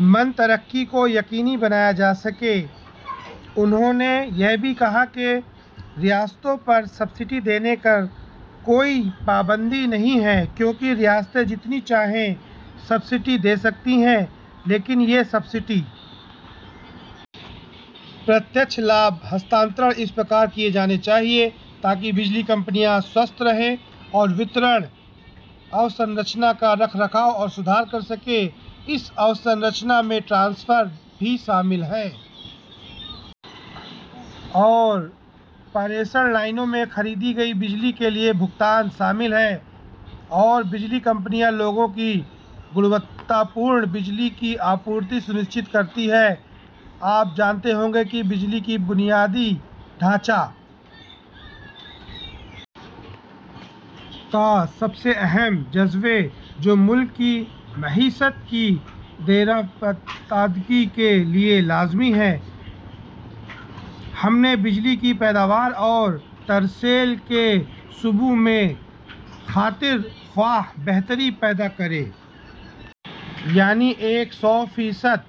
مند ترقی کو یقینی بنایا جا سکے انہوں نے یہ بھی کہا کہ ریاستوں پر سبسڈی دینے پر کوئی پابندی نہیں ہے کیونکہ ریاستیں جتنی چاہیں سبسڈی دے سکتی ہیں لیکن یہ سبسڈی ڈائریکٹ بینیفٹ ٹرانسفر کے ذریعے ہونی چاہیے تاکہ بجلی کی کمپنیاں صحت مند رہیں اور وہ تقسیم کے بنیادی ڈھانچے کو برقرار رکھیں اور اس میں بہتری لائیں اس بنیادی ڈھانچے میں ٹرانسفارمر اور ترسیلی لائنیں خریدی گئی بجلی کے لیے ادائیگی شامل ہے اور یہ کہ بجلی کمپنیاں لوگوں تک بجلی کی معیاری فراہمی کو یقینی بنائیں آپ کو معلوم ہوگا کہ بجلی بنیادی ڈھانچے کا سب سے اہم جزو ہے جو ملک کی معیشت کی دیرپا ترقی کے لیے لازمی ہے ہم نے بجلی کی پیداوار اور ترسیل کے شعبے میں خاطر خواہ بہتری پیدا کی ہے یعنی ایک سو فیصد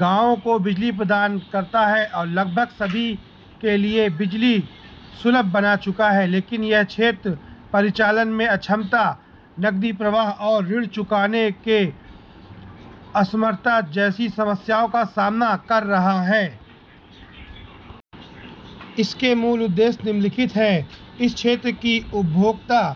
گاؤں کو بجلی پہنچائی ہے اور بجلی تک تقریباً سبھی کی رسائی کر دی ہے لیکن یہ شعبہ آپریشن میں عدم صلاحیت نقدی اور قرضوں کی ادائیگی میں معذوری اس کے مقاصد موٹے طور پر مندرجہ ذیل ہیں اس شعبے کے صارفین پر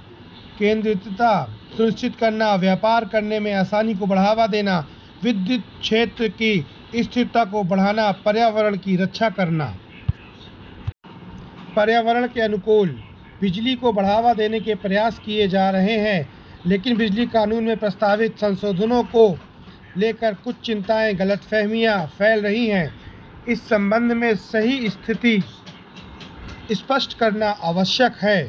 مرتکز ہونے کو یقینی بنانا کاروبار میں آسانی کو فروغ دینا بجلی کے شعبے کی دیرپائی کو بڑھانا ماحول دوست بجلی کو فروغ دینا لیکن بجلی کے قانون میں مجوزہ ترمیمات کے سلسلے میں کچھ خدشات اور غلط فہمیاں پھیلائی جا رہی ہیں اس سلسلے میں صحیح پوزیشن کی وضاحت کرنا ضروری